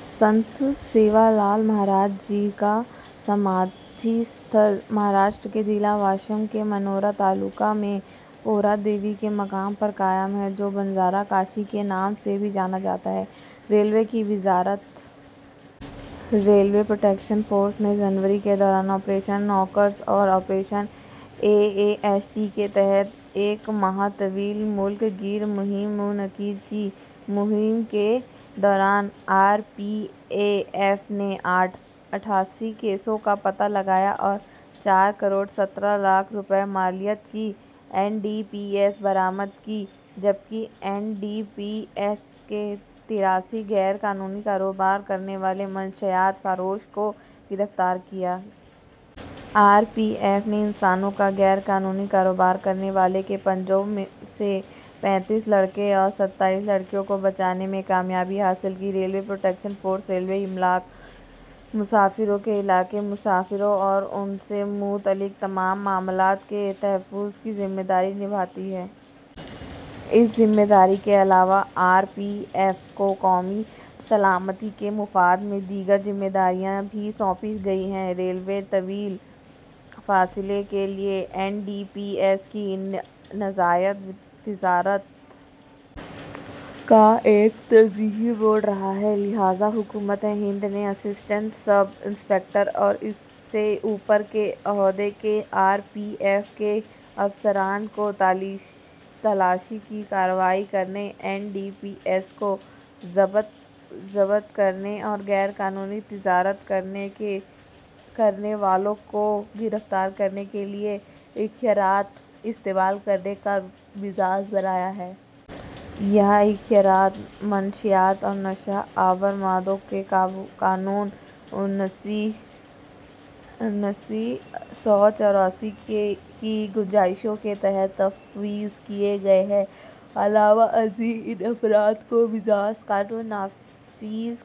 سنت سیوالال مہاراج جی کا سمادھی استھل، مہاراشٹر کے ضلع واشم کے منورا تعلقہ میں پوہرا دیوی کے مقام پر قائم ہے، جو بنجارا کاشی کے نام سے بھی جانا جاتا ہے۔ ریلوے کی وزارت۔ ریلوے پروٹیکشن فورس نے جنوری کے دوران آپریشن نارکوز اور operation A A H T کے تحت ایک ماہ طویل ملک گیر مہم منعقد کی۔ مہم کے دوران آر پی ایف نے اٹھاسی کیسوں کا پتہ لگایا اور چار کروڑ ستر لاکھ روپے مالیت کی این ڈی پی ایس برآمد کیں، جبکہ این ڈی پی ایس کے تراسی غیر قانونی کاروبار کرنے والے منشیات فروشوں کو گرفتار کیا۔ آر پی ایف نے انسانوں کا غیر قانونی کاروبار کرنے والوں کے پنجوں سے پینتیس لڑکے اور ستائیس لڑکیوں کو بچانے میں کامیابی حاصل کی۔ ریلوے پروٹیکشن فورس ریلوے املاک، مسافروں کے علاقے، مسافروں اور ان سے منسلک تمام معاملات کے تحفظ کی ذمہ داری نبھاتی ہے۔ اس ذمہ داری کے علاوہ، آر پی ایف کو قومی سلامتی کے مفاد میں دیگر ذمہ داریاں بھی سونپی گئی ہیں۔ ریلویز طویل فاصلے کے لیے این ڈی پی ایس کی ناجائز تجارت کا ایک ترجیحی موڈ رہا ہے، لہٰذا حکومت ہند نے اسسٹنٹ سب انسپکٹر اور اس سے اوپر کے عہدے کے آر پی ایف کے افسران کو تلاشی کی کارروائی کرنے، این ڈی پی ایس کو ضبط کرنے اور غیر قانونی تجارت کرنے والوں کو گرفتار کرنے کے لیے اختیارات استعمال کرنے کا مجاز بنایا ہے۔ یہ اختیارات منشیات اور نشہ آور مادوں کے قانون انیس سو چوراسی کی گنجائشوں کے تحت تفویض کیے گئے ہیں۔ علاوہ ازیں، ان افراد کو مجاز قانون نافذ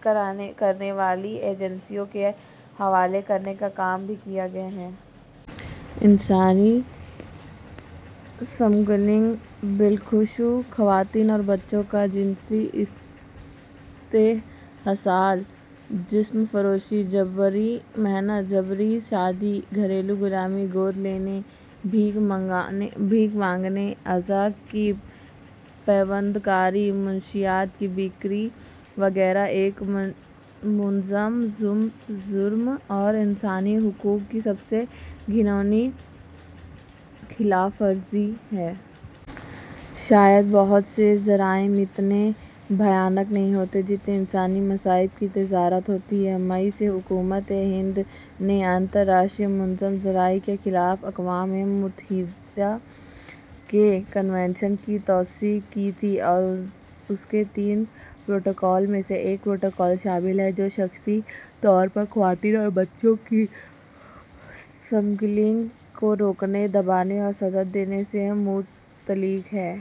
کرنے والی ایجنسیوں کے حوالے کرنے کا کام بھی کیا گیا ہے۔ انسانی اسمگلنگ، بالخصوص خواتین اور بچوں کا جنسی استحصال، جسم فروشی، جبری مشقت، جبری شادی، گھریلو غلامی، گود لینے، بھیک مانگنے، اعضاء کی پیوند کاری، منشیات کی فروخت وغیرہ، ایک منظم جرم اور انسانی حقوق کی سب سے گھناؤنی خلاف ورزی ہے۔ شاید بہت سے جرائم اتنے بھیانک نہیں ہوتے جتنے انسانی مصائب کی تجارت ہوتی ہے۔ مئی میں حکومت ہند نے بین الاقوامی منظم جرائم کے خلاف اقوام متحدہ کے کنونشن کی توثیق کی تھی اور اس کے تین پروٹوکول میں سے ایک پروٹوکول شامل ہے، جو شخصی طور پر خواتین اور بچوں کی اسمگلنگ کو روکنے، دبانے اور سزا دینے سے متعلق ہے۔